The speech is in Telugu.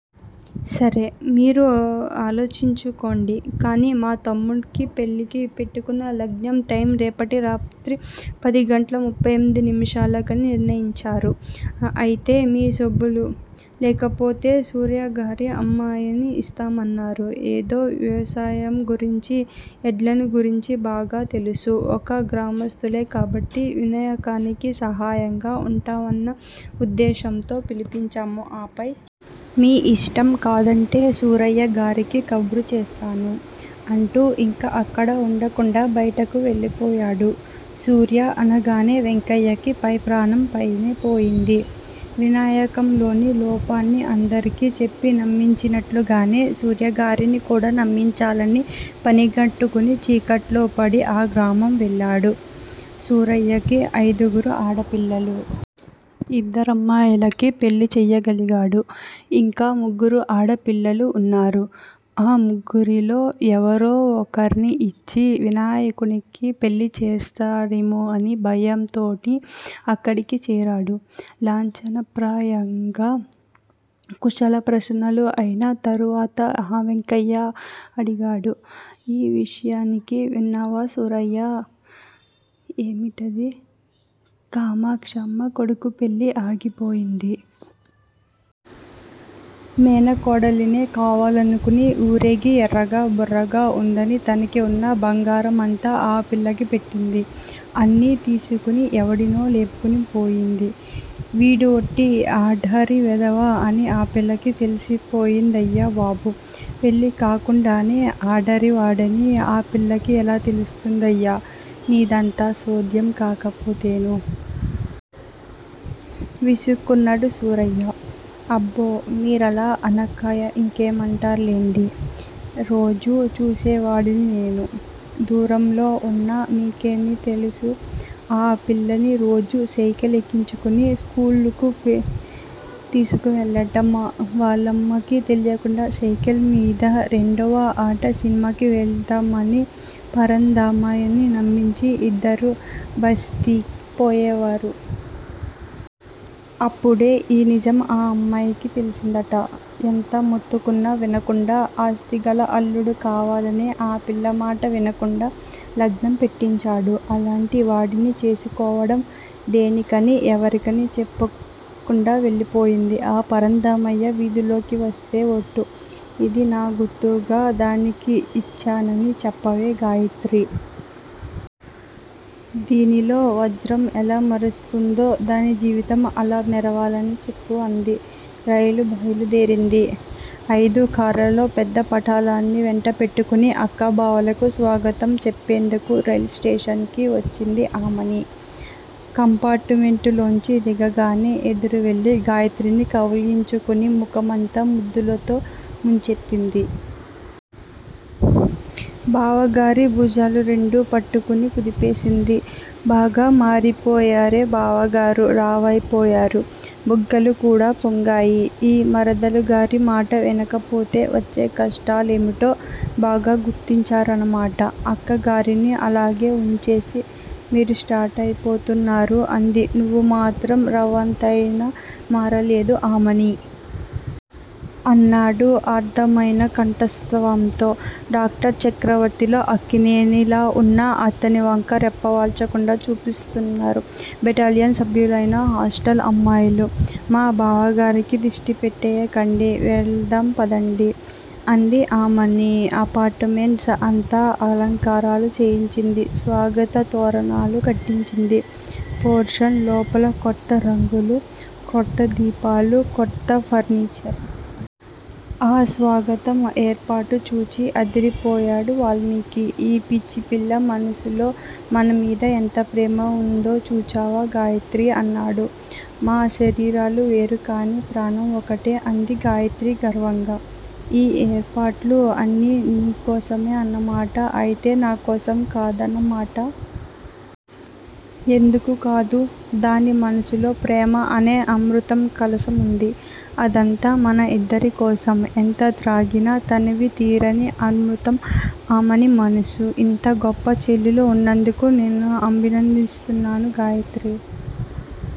సరే! మీరు ఆలోచించుకోండి! కాని మా తమ్ముడి పెళ్ళికి పెట్టుకున్న లగ్నం టైం రేప టిరాత్రి పదిగంటల ముప్పైఎనిమిది నిముషాలకని నిర్ణయించారు. అయితే మీ సుబ్బులు! లేకపోతే సూరయ్యగారమ్మాయిని యిస్తామన్నారు. ఏదో వ్యవసాయం గురించి ఎడ్లను గురించి బాగా తెలుసు! ఒక గ్రామస్థులే కాబట్టి వినయకానికి సహాయంగా వుంటావన్న ఉద్దేశ్యంతో పిలిపించాం. ఆపై మీ యిష్టం కాదంటే సూరయ్యగారికి కబురు చేస్తాను! అంటూ యింక అక్కడ వుండకుండా బైటికి వెళ్ళిపోయాడు. సూర్య అనగానే వెంకయ్యకి పై ప్రాణం పైనే పోయింది. వినాయకంలోని లోపాన్ని అందరికీ చెప్పి నమ్మించినట్లుగానే సూర్యగారిని కూడా నమ్మించాలని పనిగట్టుకుని చీకట్లోపది ఆ గ్రామం వెళ్ళాడు. సూరయ్యకి అయిదుగురు ఆడపిల్లలు! యిద్దరమ్మాయిలకే పెళ్ళి చేయగలిగాడు. యింకా ముగ్గురు ఆడ పిల్లలు వున్నారు, ఆ ముగ్గురిలో ఎవరో ఒకరిని యిచ్చి వినాయకునికి పెళ్ళి చేస్తాడేమోనన్న భయంతోనే అక్కడికి చేరాడు. లాంఛనప్రాయంగా కుశల ప్రశ్నలు అయినా తరువతః వెంకయ్య అడిగాడు. ఈ విషయం నికి విన్నావా సూరయ్యన్నా? ఏమిటది? కామాక్షమ్మ కొడుకు పెళ్ళి ఆగిపోయింది. మేనకోడలినే కావాలనుకుని ఊరేగి ఎర్రగా బుర్రగా వుందని తనకి వున్న బంగారమంతా ఆ పిల్లకి పెట్టింది. అన్నీ తీసుకుని ఎవడినో లేపుకుని పోయింది. వీడోట్టి ఆడారి వెధవ అని ఆ పిల్లకి తెలిసిపోయిందయ్యా బాబూ! పెళ్ళి కాకుండానే ఆడారివాడని ఆ పిల్లకి ఎలా తెలుస్తుందయ్యా? నీదంతా సోధ్యం కాకపోతేనూ? విసుక్కున్నాడు సూరయ్య! అబ్బో! మీరలా అనక ఇంకేమంటారు లెండి! రోజూ చూసేవాడిని నేను! దూరంలో వున్న మీకేమి తెలుసు? ఆ పిల్లని రోజూ సైకిలెక్కించుకుని స్కూలుకి తీసుకెళ్ళటం, వాళ్ళమ్మకి తెలియకుండా సైకిల్ మీద రెండవ ఆట సినిమాకి వెళ్తామని పరంధామయ్యని నమ్మించి యిద్దరూ బ'స్తీ' పోయేవారు. అప్పుడే ఈ నిజం ఆ అమ్మాయికి తెలిసిందట. ఎంత మొత్తుకున్నా వినకుండా ఆస్తిగల అల్లుడు కావాలని ఆ పిల్లమాట వినకుండా లగ్నం పెట్టించాడు. అలాంటి వాడిని చేసుకోవటం దేనికని ఎవరికీ చెప్పకుండా వెళ్ళిపోయింది. ఆ పరంధామయ్య వీధిలోకి వస్తే వట్టు. ఇది నా గుర్తుగా దానికి ఇచ్చానని చెప్పవే గాయత్రీ! దీనిలో వజ్రం ఎలా మెరుస్తుందో దాని జీవితం అలా మెరవాలని చెప్పు అంది. రైలు బయలుదేరింది! అయిదు కార్లలో పెద్ద పటాలాన్ని వెంటపెట్టుకుని అక్క బావలకు స్వాగతం చెప్పేందుకు రైలు స్టేషన్ కి వచ్చింది ఆమని! కంపార్టుమెంటులోంచి దిగగానే ఎదురువెళ్ళి గాయత్రిని కా గిలించుకుని ముఖమంతా ముద్దులతో ముంచెత్తింది. బావగారి భుజాలు రెండు పట్టుకుని కుదిపేసింది. బాగా మారిపోయారే బావగారూ! లావైపోయారు. బుగ్గలు కూడా పొంగాయి. ఈ మరదలుగారి మాట వినకపోతే వచ్చే కష్టాలేమిటో బాగా గుర్తించారన్నమాట! అక్కగారిని అలాగే వుంచేసి మీరు స్టౌట్ అయిపోతున్నారు అంది. నువ్వు మాత్రం రవంత అయినా మారలేదు ఆమనీ! అన్నాడు ఆర్ధ్రమయిన కంఠస్వరంతో. డాక్టర్ చక్రవర్తిలో అక్కినేనిలా వున్న అతని వంక రెప్పవాల్చకుండా చూస్తున్నారు బెటాలియన్ సభ్యులైన హాస్టల్ అమ్మాయిలు. మా బావగారికి దిష్టి పెట్టేయకండి. వెడదాం పదండి! అంది ఆమని. అపార్టుమెంట్స్ అంతా అలంకారాలు చేయించింది. స్వాగత తోరణాలు కట్టించింది. పోర్షన్ లోపల క్రొత్త రంగులు, క్రొత్త దీపాలు, క్రొత్త ఫర్నీచర్! ఆ స్వాగతం ఏర్పాట్లు చూచి అదిరిపోయాడు వాల్మీకి. ఈ పిచ్చిపిల్ల మనసులో మనమీద ఎంత ప్రేమ ఉందో చూచావా గాయత్రీ! అన్నాడు. మా శరీరాలు వేరు కాని ప్రాణం ఒక్కటే అంది గాయత్రి గర్వంగా! ఈ ఏర్పాట్లు అన్నీ నీకోసం అన్నమాట? అయితే నాకోసం కాదన్నమాట? ఎందుకు కాదు? దాని మనసులో ప్రేమ అనే అమృతకలశం ఉంది. అదంతా మన ఇద్దరికోసం! ఎంత త్రాగినా తనివి తీరని అమృతం ఆమని మనసు! ఇంత గొప్ప చెల్లెలు ఉన్నందుకు నిన్ను అభినందిస్తున్నాను గాయత్రీ!